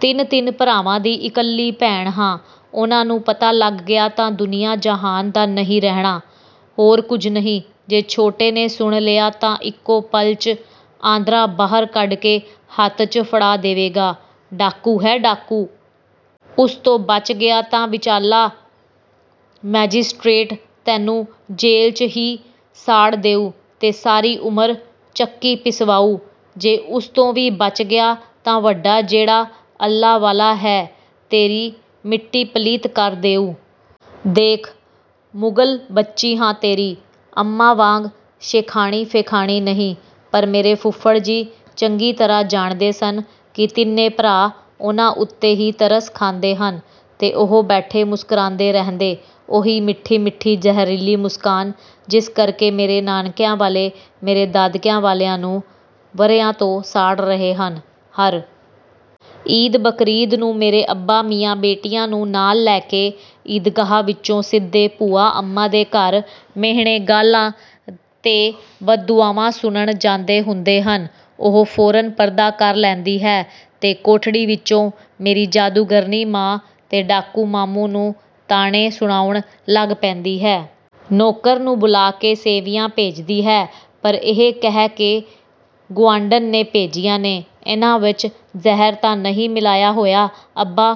ਤਿੰਨ-ਤਿੰਨ ਭਰਾਵਾਂ ਦੀ ਇਕੱਲੀ ਭੈਣ ਹਾਂ। ਉਨ੍ਹਾਂ ਨੂੰ ਪਤਾ ਲੱਗ ਗਿਆ ਤਾਂ ਦੁਨੀਆਂ ਜਹਾਨ ਦਾ ਨਹੀਂ ਰਹਿਣਾ। ਹੋਰ ਕੁਝ ਨਹੀਂ। ਜੇ ਛੋਟੇ ਨੇ ਸੁਣ ਲਿਆ ਤਾਂ ਇੱਕੋ ਪਲ 'ਚ ਆਂਦਰਾਂ ਬਾਹਰ ਕੱਢ ਕੇ ਹੱਥ 'ਚ ਫੜਾ ਦੇਵੇਗਾ - ਡਾਕੂ ਹੈ ਡਾਕੂ। ਉਸ ਤੋਂ ਬਚ ਗਿਆ ਤਾਂ ਵਿਚਾਲਾ ਮੈਜਿਸਟਰੇਟ ਤੈਨੂੰ ਜੇਲ 'ਚ ਹੀ ਸਾੜ ਦੇਊ ਤੇ ਸਾਰੀ ਉਮਰ ਚੱਕੀ ਪਿਸਵਾਊ। ਜੇ ਉਸ ਤੋਂ ਵੀ ਬਚ ਗਿਆ ਤਾਂ ਵੱਡਾ ਜਿਹੜਾ ਅੱਲ੍ਹਾ ਵਾਲਾ ਹੈ, ਤੇਰੀ ਮਿੱਟੀ ਪਲੀਤ ਕਰ ਦੇਊ। ਦੇਖ ਮੁਗ਼ਲ ਬੱਚੀ ਹਾਂ ਤੇਰੀ ਅੰਮਾਂ ਵਾਂਗ ਸ਼ੇਖਾਨੀ-ਫੇਖਾਨੀ ਨਹੀਂ।"ਪਰ ਮੇਰੇ ਫੁੱਫੜ ਜੀ ਚੰਗੀ ਤਰ੍ਹਾਂ ਜਾਣਦੇ ਸਨ ਕਿ ਤਿੰਨੇ ਭਰਾ ਉਨ੍ਹਾਂ ਉੱਤੇ ਹੀ ਤਰਸ ਖਾਂਦੇ ਹਨ ਤੇ ਉਹ ਬੈਠੇ ਮੁਸਕਰਾਉਂਦੇ ਰਹਿੰਦੇ। ਉਹੀ ਮਿੱਠੀ-ਮਿੱਠੀ ਜ਼ਹਿਰੀਲੀ ਮੁਸਕਾਨ ਜਿਸ ਕਰਕੇ ਮੇਰੇ ਨਾਨਕਿਆਂ ਵਾਲੇ ਮੇਰੇ ਦਾਦਕਿਆਂ ਵਾਲਿਆਂ ਨੂੰ ਵਰ੍ਹਿਆਂ ਤੋਂ ਸਾੜ ਰਹੇ ਹਨ। ਹਰ ਈਦ ਬਕਰੀਦ ਨੂੰ ਮੇਰੇ ਅੱਬਾ ਮੀਆਂ ਬੇਟਿਆਂ ਨੂੰ ਨਾਲ ਲੈ ਕੇ ਈਦਗਾਹ ਵਿੱਚੋਂ ਸਿੱਧੇ ਭੂਆ ਅੰਮਾਂ ਦੇ ਘਰ ਮਿਹਣੇ, ਗਾਲ੍ਹਾਂ ਤੇ ਬਦਦੁਆਵਾਂ ਸੁਣਨ ਜਾਂਦੇ ਹੁੰਦੇ ਹਨ। ਉਹ ਫੌਰਨ ਪਰਦਾ ਕਰ ਲੈਂਦੀ ਹੈ ਤੇ ਕੋਠੜੀ ਵਿੱਚੋਂ ਮੇਰੀ ਜਾਦੂਗਰਨੀ ਮਾਂ ਤੇ ਡਾਕੂ ਮਾਮੂ ਨੂੰ ਤਾਣੇ ਸੁਣਾਉਣ ਲੱਗ ਪੈਂਦੀ ਹੈ। ਨੌਕਰ ਨੂੰ ਬੁਲਾ ਕੇ ਸੈਵੀਆਂ ਭੇਜਦੀ ਹੈ ਪਰ ਇਹ ਕਹਿ ਕੇ ''ਗੁਆਂਢਣ ਨੇ ਭੇਜੀਆਂ ਨੇ।"''ਇਨ੍ਹਾਂ ਵਿੱਚ ਜ਼ਹਿਰ ਤਾਂ ਨਹੀਂ ਮਿਲਾਇਆ ਹੋਇਆ'' ਅੱਬਾ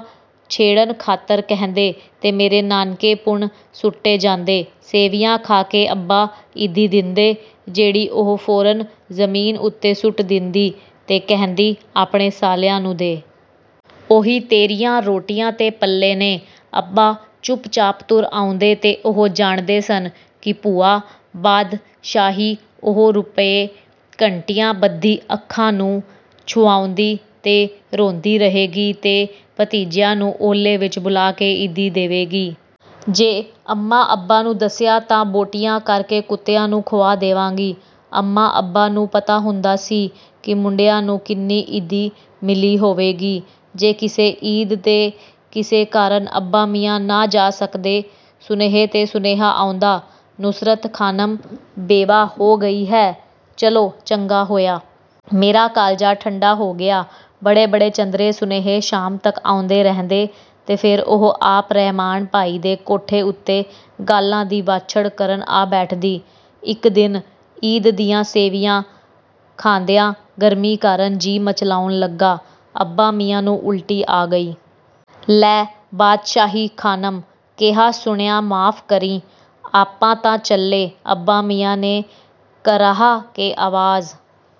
ਛੇੜਨ ਖ਼ਾਤਰ ਕਹਿੰਦੇ। ਤੇ ਮੇਰੇ ਨਾਨਕੇ ਪੁਣ ਸੁੱਟੇ ਜਾਂਦੇ। ਸੈਵੀਆਂ ਖਾ ਕੇ ਅੱਬਾ ਈਦੀ ਦਿੰਦੇ, ਜਿਹੜੀ ਉਹ ਫੌਰਨ ਜ਼ਮੀਨ ਉੱਤੇ ਸੁੱਟ ਦਿੰਦੀ ਤੇ ਕਹਿੰਦੀ, ''ਆਪਣੇ ਸਾਲਿਆਂ ਨੂੰ ਦੇ। ਉਹੀ ਤੇਰੀਆਂ ਰੋਟੀਆਂ 'ਤੇ ਪਲੇ ਨੇ।'' ਅੱਬਾ ਚੁੱਪਚਾਪ ਤੁਰ ਆਉਂਦੇ ਤੇ ਉਹ ਜਾਣਦੇ ਸਨ ਕਿ ਭੂਆ ਬਾਦਸ਼ਾਹੀ ਉਹ ਰੁਪਏ ਘੰਟਿਆਂ ਬੱਧੀ ਅੱਖਾਂ ਨੂੰ ਛੁਹਾਉਂਦੀ ਤੇ ਰੋਂਦੀ ਰਹੇਗੀ ਤੇ ਭਤੀਜਿਆਂ ਨੂੰ ਓਹਲੇ ਵਿੱਚ ਬੁਲਾ ਕੇ ਈਦੀ ਦੇਵੇਗੀ। ''ਜੇ ਅੰਮਾਂ-ਅੱਬਾ ਨੂੰ ਦੱਸਿਆ ਤਾਂ ਬੋਟੀਆਂ ਕਰ ਕੇ ਕੁੱਤਿਆਂ ਨੂੰ ਖੁਆ ਦੇਵਾਂਗੀ।" ਅੰਮਾਂ-ਅੱਬਾ ਨੂੰ ਪਤਾ ਹੁੰਦਾ ਸੀ ਕਿ ਮੁੰਡਿਆਂ ਨੂੰ ਕਿੰਨੀ ਈਦੀ ਮਿਲੀ ਹੋਵੇਗੀ। ਜੇ ਕਿਸੇ ਈਦ 'ਤੇ ਕਿਸੇ ਕਾਰਨ ਅੱਬਾ ਮੀਆਂ ਨਾ ਜਾ ਸਕਦੇ, ਸੁਨੇਹੇ 'ਤੇ ਸੁਨੇਹਾ ਆਉਂਦਾ, ''ਨੁਸਰਤ ਖ਼ਾਨਮ ਬੇਵਾ ਹੋ ਗਈ ਹੈ, ਚਲੋ ਚੰਗਾ ਹੋਇਆ। ਮੇਰਾ ਕਾਲਜਾ ਠੰਢਾ ਹੋ ਗਿਆ।" ਬੜੇ-ਬੜੇ ਚੰਦਰੇ ਸੁਨੇਹੇ ਸ਼ਾਮ ਤੱਕ ਆਉਂਦੇ ਰਹਿੰਦੇ ਤੇ ਫਿਰ ਉਹ ਆਪ ਰਹਿਮਾਨ ਭਾਈ ਦੇ ਕੋਠੇ ਉੱਤੋਂ ਗਾਲ੍ਹਾਂ ਦੀ ਵਾਛੜ ਕਰਨ ਆ ਬੈਠਦੀ। ਇੱਕ ਦਿਨ ਈਦ ਦੀਆਂ ਸੈਵੀਆਂ ਖਾਂਦਿਆਂ ਗਰਮੀ ਕਾਰਨ ਜੀਅ ਮਿਚਲਾਉਣ ਲੱਗਾ, ਅੱਬਾ ਮੀਆਂ ਨੂੰ ਉਲਟੀ ਆ ਗਈ। ''ਲੈ ਬਾਦਸ਼ਾਹੀ ਖ਼ਾਨਮ, ਕਿਹਾ ਸੁਣਿਆ ਮੁਆਫ਼ ਕਰੀਂ - ਆਪਾਂ ਤਾਂ ਚੱਲੇ।" ਅੱਬਾ ਮੀਆਂ ਨੇ ਕਰਾਹ ਕੇ ਆਵਾਜ਼